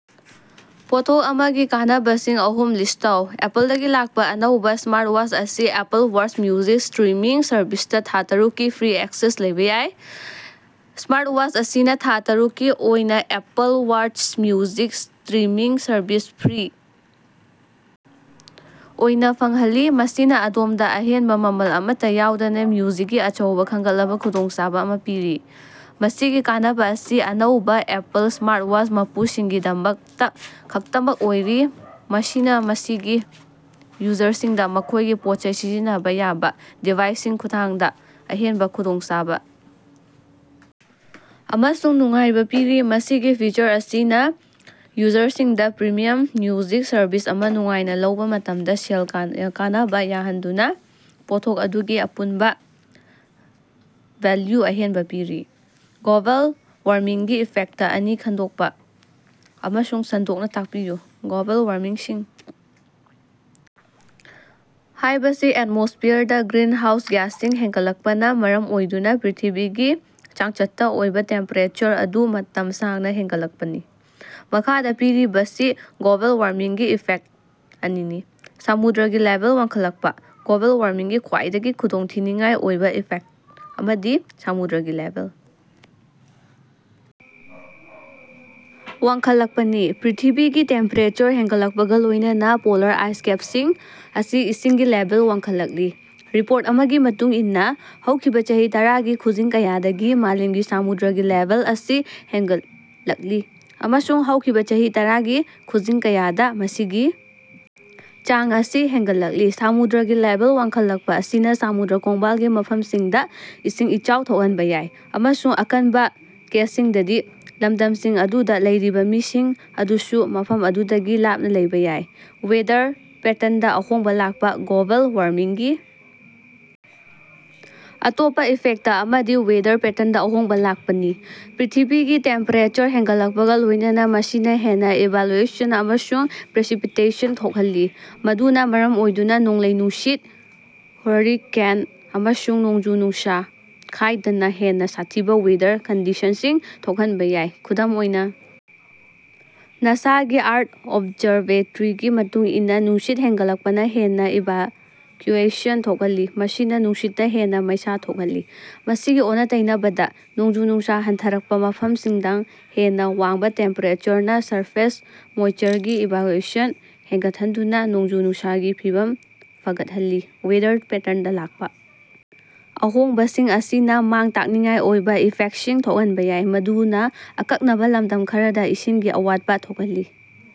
ꯄꯣꯠꯊꯣꯛ ꯑꯃꯒꯤ ꯀꯥꯟꯅꯕꯁꯤꯡ ꯑꯍꯨꯝ ꯂꯤꯁ꯭ꯠ ꯇꯧ꯫ ꯑꯦꯄꯜꯗꯒꯤ ꯂꯥꯛꯄ ꯑꯅꯧꯕ ꯁ꯭ꯃꯥꯔꯠꯋꯥꯆ ꯑꯁꯤ ꯑꯦꯄꯜ ꯋꯥꯆ ꯃꯤꯎꯖꯤꯛ ꯁ꯭ꯇ꯭ꯔꯤꯃꯤꯡ ꯁꯔꯚꯤꯁꯇ ꯊꯥ ꯇꯔꯨꯛꯀꯤ ꯐ꯭ꯔꯤ ꯑꯦꯛꯁꯦꯁ ꯂꯩꯕ ꯌꯥꯏ꯫ ꯁ꯭ꯃꯥꯔꯠꯋꯥꯆ ꯑꯁꯤꯅ ꯊꯥ ꯇꯔꯨꯛꯀꯤ ꯑꯣꯏꯅ Apple watch music streaming service free ꯑꯣꯏꯅ ꯐꯪꯍꯜꯂꯤ, ꯃꯁꯤꯅ ꯑꯗꯣꯝꯗ ꯑꯍꯦꯟꯕ ꯃꯃꯜ ꯑꯃꯠꯇ ꯌꯥꯎꯗꯅ ꯃ꯭ꯌꯨꯖꯤꯛꯀꯤ ꯑꯆꯧꯕ ꯈꯟꯒꯠꯂꯕ ꯈꯨꯗꯣꯡꯆꯥꯕ ꯑꯃ ꯄꯤꯔꯤ꯫ ꯃꯁꯤꯒꯤ ꯀꯥꯟꯅꯕ ꯑꯁꯤ ꯑꯅꯧꯕ ꯑꯦꯄꯜ ꯁ꯭ꯃꯥꯔꯠꯋꯥꯆ ꯃꯄꯨꯁꯤꯡꯒꯤꯗꯃꯛꯇ ꯈꯛꯇꯃꯛ ꯑꯣꯏꯔꯤ, ꯃꯁꯤꯅꯥꯃꯁꯤꯒꯤ ꯌꯨꯖꯔꯁꯤꯡꯗ ꯃꯈꯣꯏꯒꯤ ꯄꯣꯠꯆꯩ ꯁꯤꯖꯤꯟꯅꯕ ꯌꯥꯕꯥ ꯗꯤꯚꯥꯏꯁꯀꯤ ꯈꯨꯠꯊꯥꯡꯗ ꯑꯍꯦꯟꯕ ꯈꯨꯗꯣꯡꯆꯥꯕ ꯑꯃꯁꯨꯡ ꯅꯨꯡꯉꯥꯏꯕ ꯄꯤꯔꯤ꯫ ꯃꯁꯤꯒꯤ ꯐꯤꯆꯔ ꯑꯁꯤꯅ ꯌꯨꯖꯔꯁꯤꯡꯅ ꯄ꯭ꯔꯤꯃꯤꯌꯥꯝ ꯃ꯭ꯌꯨꯖꯤꯛ ꯁꯔꯚꯤꯁ ꯑꯃ ꯅꯨꯡꯉꯥꯏꯅ ꯂꯧꯕ ꯃꯇꯝꯗ ꯁꯦꯜ ꯀꯅꯕ ꯌꯥꯍꯟꯗꯨꯅ ꯄꯣꯠꯊꯣꯛ ꯑꯗꯨꯒꯤ ꯑꯄꯨꯟꯕ ꯚꯦꯜꯌꯨꯗ ꯑꯍꯦꯟꯕ ꯄꯤꯔꯤ꯫ ꯒ꯭ꯂꯣꯕꯦꯜ ꯋꯥꯔꯃꯤꯡꯒꯤ ꯏꯐꯦꯛꯇ ꯑꯅꯤ ꯈꯪꯗꯣꯛꯄ ꯑꯃꯁꯨꯡ ꯁꯟꯗꯣꯛꯅ ꯇꯥꯛꯄꯤꯌꯨ꯫ ꯒ꯭ꯂꯣꯕꯦꯜ ꯋꯥꯔꯃꯤꯡ ꯍꯥꯏꯕꯁꯤ ꯑꯦꯠꯃꯣꯁ꯭ꯐꯤꯌꯔꯗ ꯒ꯭ꯔꯤꯟꯍꯥꯎꯁ ꯒ꯭ꯌꯥꯁꯁꯤꯡ ꯍꯦꯟꯒꯠꯂꯛꯄꯅ ꯃꯔꯝ ꯑꯣꯏꯗꯨꯅ ꯄ꯭ꯔꯤꯊꯤꯕꯤꯒꯤ ꯆꯥꯡꯆꯠꯇ ꯑꯣꯏꯕ ꯇꯦꯝꯄꯦꯔꯦꯆꯔ ꯑꯗꯨ ꯃꯇꯝ ꯁꯥꯡꯅ ꯍꯦꯟꯒꯠꯂꯛꯄꯅꯤ꯫ ꯃꯈꯥꯗ ꯄꯤꯔꯤꯕꯁꯤ ꯒ꯭ꯂꯣꯕꯦꯜ ꯋꯥꯔꯃꯤꯡꯒꯤ ꯏꯐꯦꯛꯇ ꯑꯅꯤꯅꯤ: ꯁꯃꯨꯗ꯭ꯔꯒꯤ ꯂꯦꯚꯦꯜ ꯋꯥꯡꯈꯠꯂꯛꯄ: ꯒ꯭ꯂꯣꯕꯦꯜ ꯋꯥꯔꯃꯤꯡꯒꯤ ꯈ꯭ꯋꯥꯏꯗꯒꯤ ꯈꯨꯗꯣꯡꯊꯤꯅꯤꯉꯥꯏ ꯑꯣꯏꯕ ꯏꯐꯦꯛ ꯑꯃꯗꯤ ꯁꯃꯨꯗ꯭ꯔꯒꯤ ꯂꯦꯚꯦꯜ ꯋꯥꯡꯈꯠꯂꯛꯄꯅꯤ꯫ ꯄ꯭ꯔꯤꯊꯤꯕꯤꯒꯤ ꯇꯦꯝꯄꯦꯔꯦꯆꯔ ꯍꯦꯟꯒꯠꯂꯛꯄꯒ ꯂꯣꯏꯅꯅ ꯄꯣꯂꯥꯔ ꯑꯥꯏꯁ ꯀꯦꯞꯁꯤꯡ ꯑꯁꯤ ꯏꯁꯤꯡꯒꯤ ꯂꯦꯚꯦꯜ ꯋꯥꯡꯈꯠꯂꯛꯂꯤ꯫ ꯔꯤꯄꯣꯔꯠ ꯑꯃꯒꯤ ꯃꯇꯨꯡ ꯏꯟꯅ ꯍꯧꯈꯤꯕ ꯆꯍꯤ ꯇꯔꯥꯒꯤ ꯈꯨꯖꯤꯡ ꯀꯌꯥꯗꯒꯤ ꯃꯥꯂꯦꯝꯒꯤ ꯁꯃꯨꯗ꯭ꯔꯒꯤ ꯂꯦꯚꯦꯜ ꯑꯁꯤ ꯍꯦꯟꯒꯠꯂꯛꯂꯤ, ꯑꯃꯁꯨꯡ ꯍꯧꯈꯤꯕ ꯆꯍꯤ ꯇꯔꯥꯒꯤ ꯈꯨꯖꯤꯡ ꯀꯌꯥꯗ ꯃꯁꯤꯒꯤ ꯆꯥꯡ ꯑꯁꯤ ꯍꯦꯟꯒꯠꯂꯛꯂꯤ꯫ ꯁꯃꯨꯗ꯭ꯔꯒꯤ ꯂꯦꯚꯦꯜ ꯋꯥꯡꯈꯠꯂꯛꯄ ꯑꯁꯤꯅ ꯁꯃꯨꯗ꯭ꯔ ꯈꯣꯡꯕꯥꯜꯒꯤ ꯃꯐꯝꯁꯤꯡꯗ ꯏꯁꯤꯡ ꯏꯆꯥꯎ ꯊꯣꯛꯍꯟꯕ ꯌꯥꯏ, ꯑꯃꯁꯨꯡ ꯑꯀꯟꯕꯥ ꯀꯦꯁꯁꯤꯡꯗꯗꯤ, ꯂꯝꯗꯝꯁꯤꯡ ꯑꯗꯨꯗ ꯂꯩꯔꯤꯕ ꯃꯤꯁꯤꯡ ꯑꯗꯨꯁꯨ ꯃꯐꯝ ꯑꯗꯨꯗꯒꯤ ꯂꯥꯞꯅ ꯂꯩꯕ ꯌꯥꯏ꯫ ꯋꯦꯗꯔ ꯄꯦꯇꯔꯟꯗ ꯑꯍꯣꯡꯕ ꯂꯥꯛꯄ: ꯒ꯭ꯂꯣꯕꯦꯜ ꯋꯥꯔꯃꯤꯡꯒꯤ ꯑꯇꯣꯞꯄ ꯏꯐꯦꯛꯇ ꯑꯃꯗꯤ ꯋꯦꯗꯔ ꯄꯦꯇꯔꯟꯗ ꯑꯍꯣꯡꯕ ꯂꯥꯛꯄꯅꯤ꯫ ꯄ꯭ꯔꯤꯊꯤꯕꯤꯒꯤ ꯇꯦꯝꯄꯦꯔꯦꯆꯔ ꯍꯦꯟꯒꯠꯂꯛꯄꯒ ꯂꯣꯏꯅꯅ ꯃꯁꯤꯅ ꯍꯦꯟꯅ ꯏꯚꯥꯀ꯭ꯌꯨꯑꯦꯁꯟ ꯑꯃꯁꯨꯡ ꯄ꯭ꯔꯦꯁꯤꯄꯤꯇꯦꯁꯟ ꯊꯣꯛꯍꯜꯂꯤ, ꯃꯗꯨꯅ ꯃꯔꯝ ꯑꯣꯏꯗꯨꯅ ꯅꯣꯡꯂꯩ-ꯅꯨꯡꯁꯤꯠ, ꯍꯨꯔꯤꯀꯦꯟ, ꯑꯃꯁꯨꯡ ꯅꯣꯡꯖꯨ-ꯅꯨꯡꯁ ꯈꯥꯏꯗꯅ ꯍꯦꯟꯅ ꯁꯥꯊꯤꯕ ꯋꯦꯗꯔ ꯀꯟꯗꯤꯁꯟꯁꯤꯡ ꯊꯣꯛꯍꯟꯕ ꯌꯥꯏ꯫ ꯈꯨꯗꯝ ꯑꯣꯏꯅ, ꯅꯥꯁꯥꯒꯤ ꯑꯥꯔꯊ ꯑꯣꯕꯖꯔꯕꯦꯇꯔꯤꯒꯤ ꯃꯇꯨꯡ ꯏꯟꯅ, ꯅꯨꯡꯁꯤꯠ ꯍꯦꯟꯒꯠꯂꯛꯄꯅ ꯍꯦꯟꯅ ꯏꯚꯥꯀ꯭ꯌꯨꯑꯦꯁꯟ ꯊꯣꯛꯍꯜꯂꯤ, ꯃꯁꯤꯅ ꯅꯨꯡꯁꯤꯠꯇ ꯍꯦꯟꯅ ꯃꯩꯁ ꯊꯣꯛꯍꯜꯂꯤ꯫ ꯃꯁꯤꯒꯤ ꯑꯣꯟꯅ-ꯇꯩꯅꯕꯗ, ꯅꯣꯡꯖꯨ-ꯅꯨꯡꯁꯥ ꯍꯟꯊꯔꯛꯄ ꯃꯐꯝꯁꯤꯡꯗꯥꯡ, ꯍꯦꯟꯅ ꯋꯥꯡꯕ ꯇꯦꯝꯄꯦꯔꯦꯆꯔꯅ ꯁꯔꯐꯦꯁ ꯃꯣꯏꯁꯆꯔꯒꯤ ꯏꯚꯥꯀ꯭ꯌꯨꯑꯦꯁꯟ ꯍꯦꯟꯒꯠꯍꯟꯗꯨꯅ ꯅꯣꯡꯖꯨ-ꯅꯨꯡꯁꯥꯒꯤ ꯐꯤꯚꯝ ꯐꯒꯠꯍꯜꯂꯤ꯫ ꯋꯦꯗꯔ ꯄꯦꯇꯔꯟꯗ ꯂꯥꯛꯄ ꯑꯍꯣꯡꯕꯁꯤꯡ ꯑꯁꯤꯅ ꯃꯥꯡ-ꯇꯥꯛꯅꯤꯡꯉꯥꯏ ꯑꯣꯏꯕ ꯏꯐꯦꯛꯁꯤꯡ ꯊꯣꯛꯍꯟꯕ ꯌꯥꯏ, ꯃꯗꯨꯅ ꯑꯀꯛꯅꯕ ꯂꯝꯗꯝ ꯈꯔꯗ ꯏꯁꯤꯡꯒꯤ ꯑꯋꯥꯠꯄꯥ ꯊꯣꯛꯍꯜꯂꯤ꯫